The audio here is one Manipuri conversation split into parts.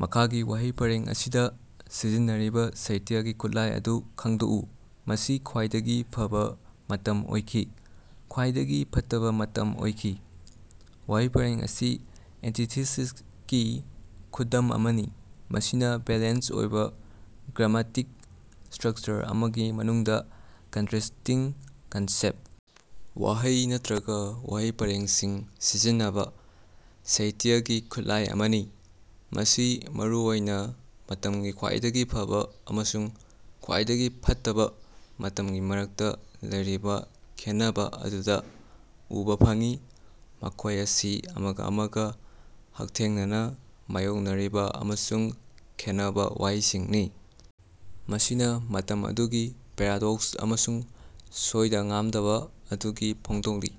ꯃꯈꯥꯒꯤ ꯋꯥꯍꯩ ꯄꯔꯦꯡ ꯑꯁꯤꯗ ꯁꯤꯖꯤꯟꯅꯔꯤꯕ ꯁꯥꯍꯤꯇ꯭ꯌꯒꯤ ꯈꯨꯠꯂꯥꯏ ꯑꯗꯨ ꯈꯪꯗꯣꯛꯎ꯫ "ꯃꯁꯤ ꯈ꯭ꯋꯥꯏꯗꯒꯤ ꯐꯕ ꯃꯇꯝ ꯑꯣꯏꯈꯤ, ꯈ꯭ꯋꯥꯏꯗꯒꯤ ꯐꯠꯇꯕ ꯃꯇꯝ ꯑꯣꯏꯈꯤ"꯫ ꯋꯥꯍꯩ ꯄꯔꯦꯡ ꯑꯁꯤ ꯑꯦꯟꯇꯤꯊꯦꯁꯤꯁꯀꯤ ꯈꯨꯗꯝ ꯑꯃꯅꯤ, ꯃꯁꯤꯅ ꯕꯦꯂꯦꯟꯁ ꯑꯣꯏꯕ ꯒ꯭ꯔꯥꯃꯦꯇꯤꯛ ꯁ꯭ꯇꯔꯛꯆꯔ ꯑꯃꯒꯤ ꯃꯅꯨꯡꯗ ꯀꯟꯇꯔꯦꯁꯇꯤꯡ ꯀꯟꯁꯦꯞ, ꯋꯥꯍꯩ ꯅꯠꯇ꯭ꯔꯒ ꯋꯥꯍꯩ ꯄꯔꯦꯡꯁꯤꯡ ꯁꯤꯖꯤꯟꯅꯕ ꯁꯥꯍꯤꯇ꯭ꯌꯒꯤ ꯈꯨꯠꯂꯥꯏ ꯑꯃꯅꯤ꯫ ꯃꯁꯤ ꯃꯔꯨ ꯑꯣꯏꯅ ꯃꯇꯝꯒꯤ "ꯈ꯭ꯋꯥꯏꯗꯒꯤ ꯐꯕ" ꯑꯃꯁꯨꯡ "ꯈ꯭ꯋꯥꯏꯗꯒꯤ ꯐꯠꯇꯕ" ꯃꯇꯝꯒꯤ ꯃꯔꯛꯇ ꯂꯩꯔꯤꯕ ꯈꯦꯟꯅꯕ ꯑꯗꯨꯗ ꯎꯕꯥ ꯐꯪꯏ, ꯃꯈꯣꯏ ꯑꯁꯤ ꯑꯃꯒ ꯑꯃꯒ ꯍꯛꯊꯦꯡꯅꯅ ꯃꯥꯌꯣꯛꯅꯔꯤꯕ ꯑꯃꯁꯨꯡ ꯈꯦꯟꯅꯕ ꯋꯥꯍꯩꯁꯤꯡꯅꯤ, ꯃꯁꯤꯅ ꯃꯇꯝ ꯑꯗꯨꯒꯤ ꯄꯦꯔꯥꯗꯣꯛꯁ ꯑꯃꯁꯨꯡ ꯁꯣꯏꯗ-ꯉꯥꯝꯗꯕ ꯑꯗꯨ ꯐꯣꯡꯗꯣꯛꯂꯤ꯫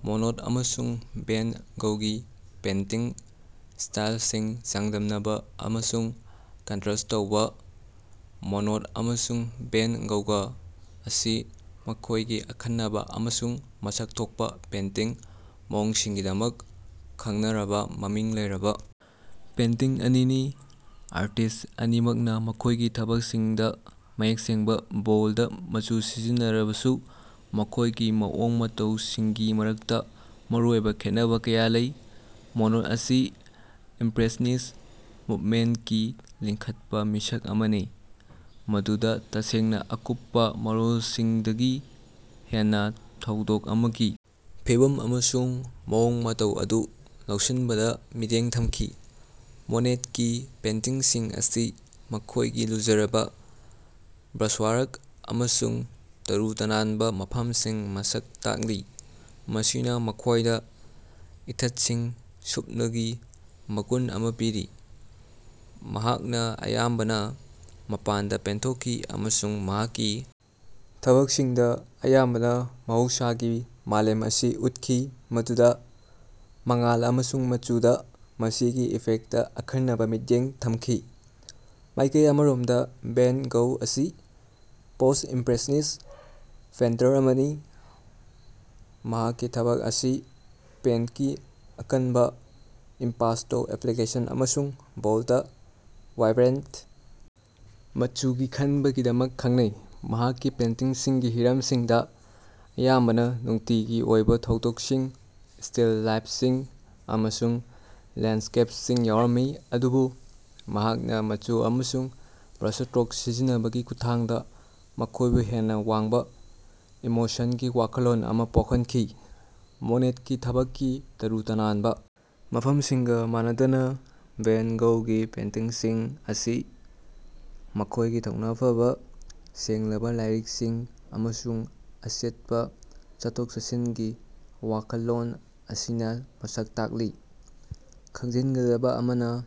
ꯃꯣꯅꯦꯠ ꯑꯃꯁꯨꯡ ꯚꯦꯟ ꯒꯧꯒꯤ ꯄꯦꯟꯇꯤꯡ ꯁ꯭ꯇꯥꯏꯜꯁꯤꯡ ꯆꯥꯡꯗꯝꯅꯕ ꯑꯃꯁꯨꯡ ꯀꯟꯇ꯭ꯔꯁ ꯇꯧꯕ꯫ ꯃꯣꯅꯦꯠ ꯑꯃꯁꯨꯡ ꯚꯦꯟ ꯒꯧꯒ ꯑꯁꯤ ꯃꯈꯣꯏꯒꯤ ꯑꯈꯟꯅꯕ ꯑꯃꯁꯨꯡ ꯃꯁꯛ ꯊꯣꯛꯄ ꯄꯦꯟꯇꯤꯡ ꯃꯑꯣꯡꯁꯤꯡꯒꯤꯗꯃꯛ ꯈꯪꯅꯔꯕ ꯃꯃꯤꯡ ꯂꯩꯔꯕ ꯄꯦꯟꯇꯤꯡ ꯑꯅꯤꯅꯤ꯫ ꯑꯥꯔꯇꯤꯁ꯭ꯠ ꯑꯅꯤꯃꯛꯅ ꯃꯈꯣꯏꯒꯤ ꯊꯕꯛꯁꯤꯡꯗ ꯃꯌꯦꯛ ꯁꯦꯡꯕ, ꯕꯣꯜꯗ ꯃꯆꯨꯁꯤꯡ ꯁꯤꯖꯤꯟꯅꯔꯕꯁꯨ ꯃꯈꯣꯏꯒꯤ ꯃꯑꯣꯡ ꯃꯇꯧꯁꯤꯡꯒꯤ ꯃꯔꯛꯇ ꯃꯔꯨꯑꯣꯏꯕ ꯈꯦꯠꯅꯕ ꯀꯌꯥ ꯂꯩ꯫ ꯃꯣꯅꯦꯠ ꯑꯁꯤ ꯏꯝꯄ꯭ꯔꯦꯁꯅꯤꯁ ꯃꯨꯕꯃꯦꯟꯠꯀꯤ ꯂꯤꯡꯈꯠꯄ ꯃꯤꯁꯛ ꯑꯃꯅꯤ, ꯃꯗꯨꯗ ꯇꯁꯦꯡꯅ ꯑꯀꯨꯞꯄ ꯃꯔꯣꯜꯁꯤꯡꯗꯒꯤ ꯍꯦꯟꯅ ꯊꯧꯗꯣꯛ ꯑꯃꯒꯤ ꯐꯤꯚꯝ ꯑꯃꯁꯨꯡ ꯃꯑꯣꯡ ꯃꯇꯧ ꯑꯗꯨ ꯂꯧꯁꯤꯟꯕꯗ ꯃꯤꯠꯌꯦꯡ ꯊꯝꯈꯤ꯫ ꯃꯣꯅꯦꯠꯀꯤ ꯄꯦꯟꯇꯤꯡꯁꯤꯡ ꯑꯁꯤ ꯃꯈꯣꯏꯒꯤ ꯂꯨꯖꯔꯕ ꯕ꯭ꯔꯥꯁꯋꯔꯛ ꯑꯃꯁꯨꯡ ꯇꯔꯨ ꯇꯅꯥꯟꯕ ꯃꯐꯝꯁꯤꯡꯅ ꯃꯁꯛ ꯇꯥꯛꯂꯤ, ꯃꯁꯤꯅ ꯃꯈꯣꯏꯗ ꯏꯊꯠꯁꯤꯡ, ꯁꯨꯞꯅꯒꯤ ꯃꯒꯨꯟ ꯑꯃ ꯄꯤꯔꯤ꯫ ꯃꯍꯥꯛꯅ ꯑꯌꯥꯝꯕꯅ ꯃꯄꯥꯟꯗ ꯄꯦꯟꯊꯣꯛꯈꯤ ꯑꯃꯁꯨꯡ ꯃꯍꯥꯛꯀꯤ ꯊꯕꯛꯁꯤꯡꯗ ꯑꯌꯥꯝꯕꯅ ꯃꯍꯧꯁꯥꯒꯤ ꯃꯥꯂꯦꯝ ꯑꯁꯤ ꯎꯠꯈꯤ, ꯃꯗꯨꯗ ꯃꯉꯥꯜ ꯑꯃꯁꯨꯡ ꯃꯆꯨꯗ ꯃꯁꯤꯒꯤ ꯏꯐꯦꯛꯇ ꯑꯈꯟꯅꯕ ꯃꯤꯠꯌꯦꯡ ꯊꯝꯈꯤ꯫ ꯃꯥꯏꯀꯩ ꯑꯃꯔꯣꯝꯗ ꯚꯦꯟ ꯒꯧ ꯑꯁꯤ ꯄꯣꯁ-ꯏꯝꯄ꯭ꯔꯦꯁꯅꯤꯁ ꯄꯦꯏꯟꯇꯔ ꯑꯃꯅꯤ, ꯃꯍꯥꯛꯀꯤ ꯊꯕꯛ ꯑꯁꯤ ꯄꯦꯟꯠꯀꯤ ꯑꯀꯟꯕ, ꯏꯝꯄꯥꯁꯇꯣ ꯑꯦꯄ꯭ꯂꯤꯀꯦꯁꯟ ꯑꯃꯁꯨꯡ ꯕꯣꯜꯗ, ꯋꯥꯏꯕ꯭ꯔꯦꯟꯠ ꯃꯆꯨꯒꯤ ꯈꯟꯕꯒꯤꯗꯃꯛ ꯈꯪꯅꯩ꯫ ꯃꯍꯥꯛꯀꯤ ꯄꯦꯟꯇꯤꯡꯁꯤꯡꯒꯤ ꯍꯤꯔꯝꯁꯤꯡꯗ ꯑꯌꯥꯝꯕꯅ ꯅꯨꯡꯇꯤꯒꯤ ꯑꯣꯏꯕ ꯊꯧꯗꯣꯛꯁꯤꯡ, ꯁ꯭ꯇꯤꯜ ꯂꯥꯏꯐꯁꯤꯡ ꯑꯃꯁꯨꯡ ꯂꯦꯟꯁ꯭ꯀꯦꯞꯁꯤꯡ ꯌꯥꯎꯔꯝꯃꯤ, ꯑꯗꯨꯕꯨ ꯃꯍꯥꯛꯅ ꯃꯆꯨ ꯑꯃꯁꯨꯡ ꯕ꯭ꯔꯥꯁꯁ꯭ꯇꯔꯣꯛ ꯁꯤꯖꯤꯟꯅꯕꯒꯤ ꯈꯨꯠꯊꯥꯡꯗ ꯃꯈꯣꯏꯕꯨ ꯍꯦꯟꯅ ꯋꯥꯡꯕ ꯏꯃꯣꯁꯟꯒꯤ ꯋꯥꯈꯜꯂꯣꯟ ꯑꯃ ꯄꯣꯛꯍꯟꯈꯤ꯫ ꯃꯣꯅꯦꯠꯀꯤ ꯊꯕꯛꯀꯤ ꯇꯔꯨ ꯇꯅꯥꯟꯕ ꯃꯐꯝꯁꯤꯡꯒ ꯃꯥꯟꯅꯗꯅ, ꯚꯦꯟ ꯒꯧꯒꯤ ꯄꯦꯟꯇꯤꯡꯁꯤꯡ ꯑꯁꯤ ꯃꯈꯣꯏꯒꯤ ꯊꯧꯅ ꯐꯕ, ꯁꯦꯡꯂꯕ ꯂꯥꯏꯔꯤꯛꯁꯤꯡ ꯑꯃꯁꯨꯡ ꯑꯆꯦꯠꯄ ꯆꯠꯊꯣꯛ-ꯆꯠꯁꯤꯟꯒꯤ ꯋꯥꯈꯜꯂꯣꯟ ꯑꯁꯤꯅ ꯃꯁꯛ ꯇꯥꯛꯂꯤ꯫ ꯈꯪꯖꯤꯟꯒꯗꯕ ꯑꯃꯅ,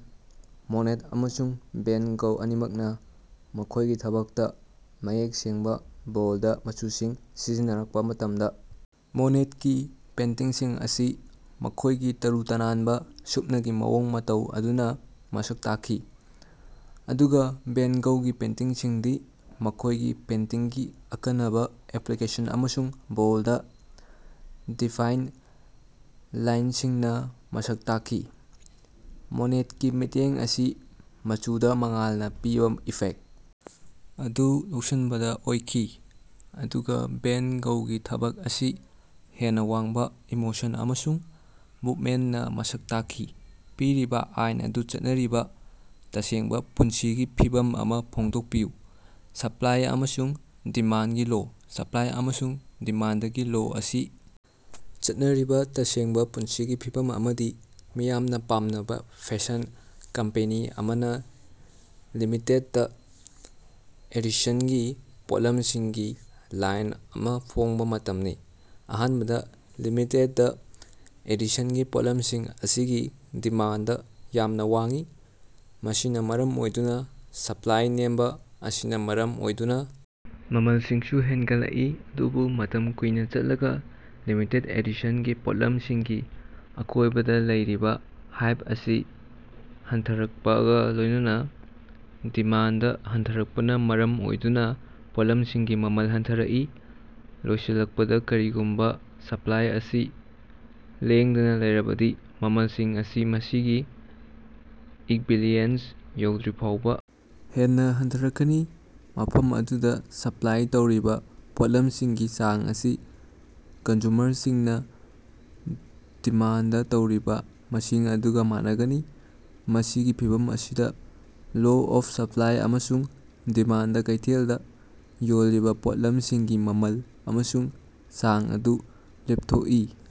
ꯃꯣꯅꯦꯠ ꯑꯃꯁꯨꯡ ꯚꯦꯟ ꯒꯧ ꯑꯅꯤꯃꯛꯅ ꯃꯈꯣꯏꯒꯤ ꯊꯕꯛꯇ ꯃꯌꯦꯛ ꯁꯦꯡꯕ, ꯕꯣꯜꯗ ꯃꯆꯨꯁꯤꯡ ꯁꯤꯖꯤꯟꯅꯔꯛꯄ ꯃꯇꯝꯗ, ꯃꯣꯅꯦꯠꯀꯤ ꯄꯦꯟꯇꯤꯡꯁꯤꯡ ꯑꯁꯤ ꯃꯈꯣꯏꯒꯤ ꯇꯔꯨ ꯇꯅꯥꯟꯕ, ꯁꯨꯞꯅꯒꯤ ꯃꯑꯣꯡ ꯃꯇꯧ ꯑꯗꯨꯅ ꯃꯁꯛ ꯇꯥꯛꯈꯤ, ꯑꯗꯨꯒ ꯚꯦꯟ ꯒꯧꯒꯤ ꯄꯦꯟꯇꯤꯡꯁꯤꯡꯗꯤ ꯃꯈꯣꯏꯒꯤ ꯄꯦꯟꯇꯤꯡꯒꯤ ꯑꯀꯅꯕ ꯑꯦꯄ꯭ꯂꯤꯀꯦꯁꯟ ꯑꯃꯁꯨꯡ ꯕꯣꯜꯗ, ꯗꯤꯐꯥꯏꯟ ꯂꯥꯏꯟꯁꯤꯡꯅ ꯃꯁꯛ ꯇꯥꯛꯈꯤ꯫ ꯃꯣꯅꯦꯠꯀꯤ ꯃꯤꯠꯌꯦꯡ ꯑꯁꯤ ꯃꯆꯨꯗ ꯃꯉꯥꯜꯅ ꯄꯤꯕ ꯏꯐꯦꯛ ꯑꯗꯨ ꯂꯧꯁꯤꯟꯕꯗ ꯑꯣꯏꯈꯤ, ꯑꯗꯨꯒ ꯚꯦꯟ ꯒꯧꯒꯤ ꯊꯕꯛ ꯑꯁꯤ ꯍꯦꯟꯅ ꯋꯥꯡꯕ ꯏꯃꯣꯁꯟ ꯑꯃꯁꯨꯡ ꯃꯨꯚꯃꯦꯟꯠꯅ ꯃꯁꯛ ꯇꯥꯛꯈꯤ꯫ ꯄꯤꯔꯤꯕ ꯑꯥꯏꯟ ꯑꯗꯨ ꯆꯠꯅꯔꯤꯕ ꯇꯁꯦꯡꯕ ꯄꯨꯟꯁꯤꯒꯤ ꯐꯤꯚꯝ ꯑꯃ ꯐꯣꯡꯗꯣꯛꯄꯤꯌꯨ꯫ ꯁꯄ꯭ꯂꯥꯏ ꯑꯃꯁꯨꯡ ꯗꯤꯃꯥꯟꯒꯤ ꯂꯣ꯫ ꯁꯄ꯭ꯂꯥꯏ ꯑꯃꯁꯨꯡ ꯗꯤꯃꯥꯟꯗꯒꯤ ꯂꯣ ꯑꯁꯤ ꯆꯠꯅꯔꯤꯕ ꯇꯁꯦꯡꯕ ꯄꯨꯟꯁꯤꯒꯤ ꯐꯤꯚꯝ ꯑꯃꯗꯤ ꯃꯤꯌꯥꯝꯅ ꯄꯥꯝꯅꯕ ꯐꯦꯁꯟ ꯀꯝꯄꯦꯅꯤ ꯑꯃꯅ ꯂꯤꯃꯤꯇꯦꯗ ꯑꯦꯗꯤꯁꯟꯒꯤ ꯄꯣꯠꯂꯝꯁꯤꯡꯒꯤ ꯂꯥꯏꯟ ꯑꯃ ꯐꯣꯡꯕ ꯃꯇꯝꯅꯤ꯫ ꯑꯍꯥꯟꯕꯗ ꯂꯤꯃꯤꯇꯦꯗ ꯑꯦꯗꯤꯁꯟꯒꯤ ꯄꯣꯠꯂꯝꯁꯤꯡ ꯑꯁꯤꯒꯤ ꯗꯤꯃꯥꯟꯗ ꯌꯥꯝꯅ ꯋꯥꯡꯏ, ꯃꯁꯤꯅ ꯃꯔꯝ ꯑꯣꯏꯗꯨꯅ ꯁꯞꯂꯥꯏ ꯅꯦꯝꯕ ꯑꯁꯤꯅ ꯃꯔꯝ ꯑꯣꯏꯗꯨꯅ ꯃꯃꯜꯁꯤꯡꯁꯨ ꯍꯦꯟꯒꯠꯂꯛꯏ꯫ ꯑꯗꯨꯕꯨ ꯃꯇꯝ ꯀꯨꯏꯅ ꯆꯠꯂꯒ ꯂꯤꯃꯤꯇꯦꯗ ꯑꯦꯗꯤꯁꯟꯒꯤ ꯄꯣꯠꯂꯝꯁꯤꯡꯒꯤ ꯑꯀꯣꯏꯕꯗ ꯂꯩꯔꯤꯕ ꯍꯥꯏꯞ ꯑꯁꯤ ꯍꯟꯊꯔꯛꯄꯒ ꯂꯣꯏꯅꯅ ꯗꯤꯃꯥꯟꯗ ꯍꯟꯊꯔꯛꯄꯅ ꯃꯔꯝ ꯑꯣꯏꯗꯨꯅ ꯄꯣꯠꯂꯝꯁꯤꯡꯒꯤ ꯃꯃꯜ ꯍꯟꯊꯔꯛꯏ꯫ ꯂꯣꯏꯁꯤꯜꯂꯛꯄꯗ, ꯀꯔꯤꯒꯨꯝꯕ ꯁꯄ꯭ꯂꯥꯏ ꯑꯁꯤ ꯂꯦꯡꯗꯅ ꯂꯩꯔꯕꯗꯤ, ꯃꯃꯜꯁꯤꯡ ꯑꯁꯤ ꯃꯁꯤꯒꯤ ꯏꯛꯕꯤꯂꯤꯑꯦꯟꯁ ꯌꯧꯗ꯭ꯔꯤꯐꯥꯎꯕ ꯍꯦꯟꯅ ꯍꯟꯊꯔꯛꯀꯅꯤ, ꯃꯐꯝ ꯑꯗꯨꯗ ꯁꯄ꯭ꯂꯥꯏ ꯇꯧꯔꯤꯕ ꯄꯣꯠꯂꯝꯁꯤꯡꯒꯤ ꯆꯥꯡ ꯑꯁꯤ ꯀꯟꯖꯨꯃꯔꯁꯤꯡꯅ ꯗꯤꯃꯥꯟꯗ ꯇꯧꯔꯤꯕ ꯃꯁꯤꯡ ꯑꯗꯨꯒ ꯃꯥꯟꯅꯒꯅꯤ꯫ ꯃꯁꯤꯒꯤ ꯐꯤꯚꯝ ꯑꯁꯤꯗ, ꯂꯣ ꯑꯣꯐ ꯁꯄ꯭ꯂꯥꯏ ꯑꯃꯁꯨꯡ ꯗꯤꯃꯥꯟꯗꯅ ꯀꯩꯊꯦꯜꯗ ꯌꯣꯜꯂꯤꯕ ꯄꯣꯠꯂꯝꯁꯤꯡꯒꯤ ꯃꯃꯜ ꯑꯃꯁꯨꯡ ꯆꯥꯡ ꯑꯗꯨ ꯂꯦꯞꯊꯣꯛꯏ꯫